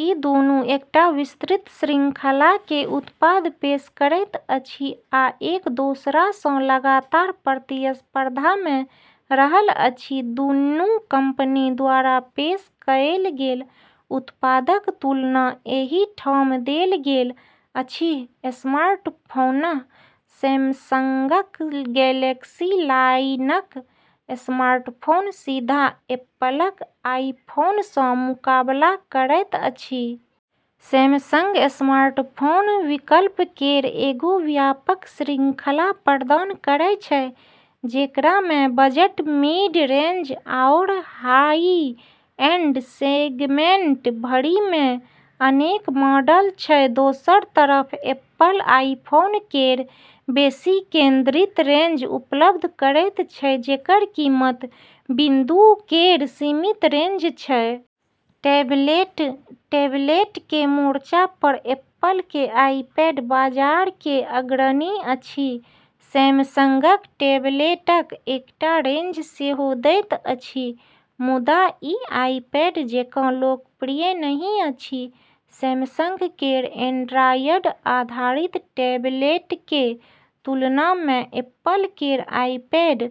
ई दुनू एकटा विस्तृत श्रृंखलाके उत्पाद पेश करैत अछि आ एक दोसरासँ लगातार प्रतिस्पर्धामे रहल अछि। दुन्नू कंपनी द्वारा पेश कएल गेल उत्पादक तुलना एहि ठाम देल गेल अछि: स्मार्टफोन: सैमसंगक गैलेक्सी लाइनक स्मार्टफोन सीधा एप्पलक आईफोनसँ मुकाबला करैत अछि। सैमसंग स्मार्टफोन विकल्प केर एगो व्यापक श्रृंखला प्रदान करै छै, जेकरामे बजट, मिड रेंज, आओर हाई-एंड सेगमेंट भरिमे अनेक मॉडल छै। दोसर तरफ एप्पल आईफोन केर बेशी केंद्रित रेंज उपलब्ध करैत छै जेकर कीमत बिंदु केर सीमित रेंज छै। टैबलेट: टैबलेटके मोर्चा पर एप्पलके आईपैड बाजारके अग्रणी अछि। सैमसंग टैबलेटक एकटा रेंज सेहो दैत अछि, मुदा ई आईपैड जेकाँ लोकप्रिय नहि अछि। सैमसंग केर एंड्रॉयड आधारित टैबलेटके तुलनामे एप्पल केर आईपैड-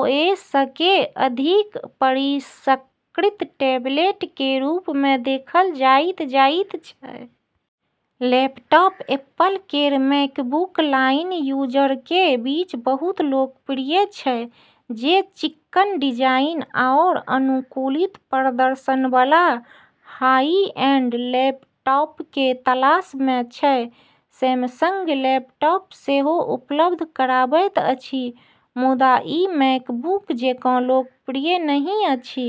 ओएसके अधिक परिष्कृत टैबलेटके रूपमे देखल जाइत जाइत छै। लैपटॉप: एप्पल केर मैकबुक लाइन यूजरके बीच बहुत लोकप्रिय छै जे चिक्कन डिजाइन आओर अनुकूलित प्रदर्शनबला हाई-एंड लैपटॉपके तलाशमे छै। सैमसंग लैपटॉप सेहो उपलब्ध कराबैत अछि, मुदा ई मैकबुक जेकाँ लोकप्रिय नहि अछि।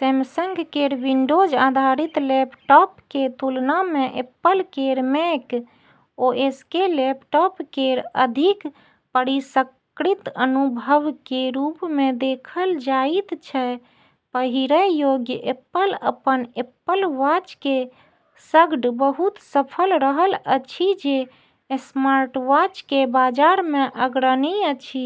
सैमसंग केर विंडोज आधारित लैपटॉपके तुलनामे एप्पल केर मैक- ओएसके लैपटॉप केर अधिक परिष्कृत अनुभवके रूपमे देखल जाइत छै। पहिरय योग्य: एप्पल अपन एप्पल वॉचके सङ्ग बहुत सफल रहल अछि जे स्मार्टवॉचके बाजारमे अग्रणी अछि।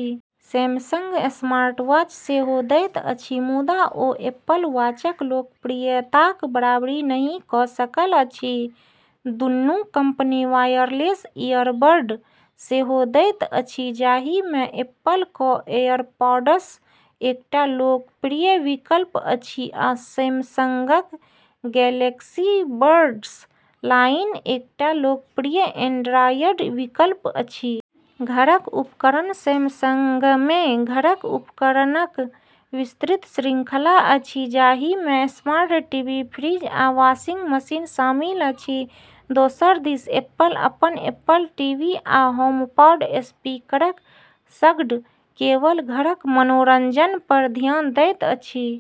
सैमसंग स्मार्टवॉच सेहो दैत अछि, मुदा ओ एप्पल वॉचक लोकप्रियताक बराबरी नहि क' सकल अछि। दुन्नू कंपनी वायरलेस इयरबड सेहो दैत अछि, जाहिमे एप्पल क' एयरपॉड्स एकटा लोकप्रिय विकल्प अछि, आ सैमसंगक गैलेक्सी बड्स लाइन एकटा लोकप्रिय एंड्रॉयड विकल्प अछि। घरक उपकरण: सैमसंगमे घरक उपकरणक विस्तृत श्रृंखला अछि, जाहिमे स्मार्ट टीवी, फ्रिज, आ वाशिंग मशीन शामिल अछि। दोसर दिस एप्पल अपन एप्पल टीवी आ होमपॉड स्पीकरक सङ्ग केवल घरक मनोरंजन पर धियान दैत अछि।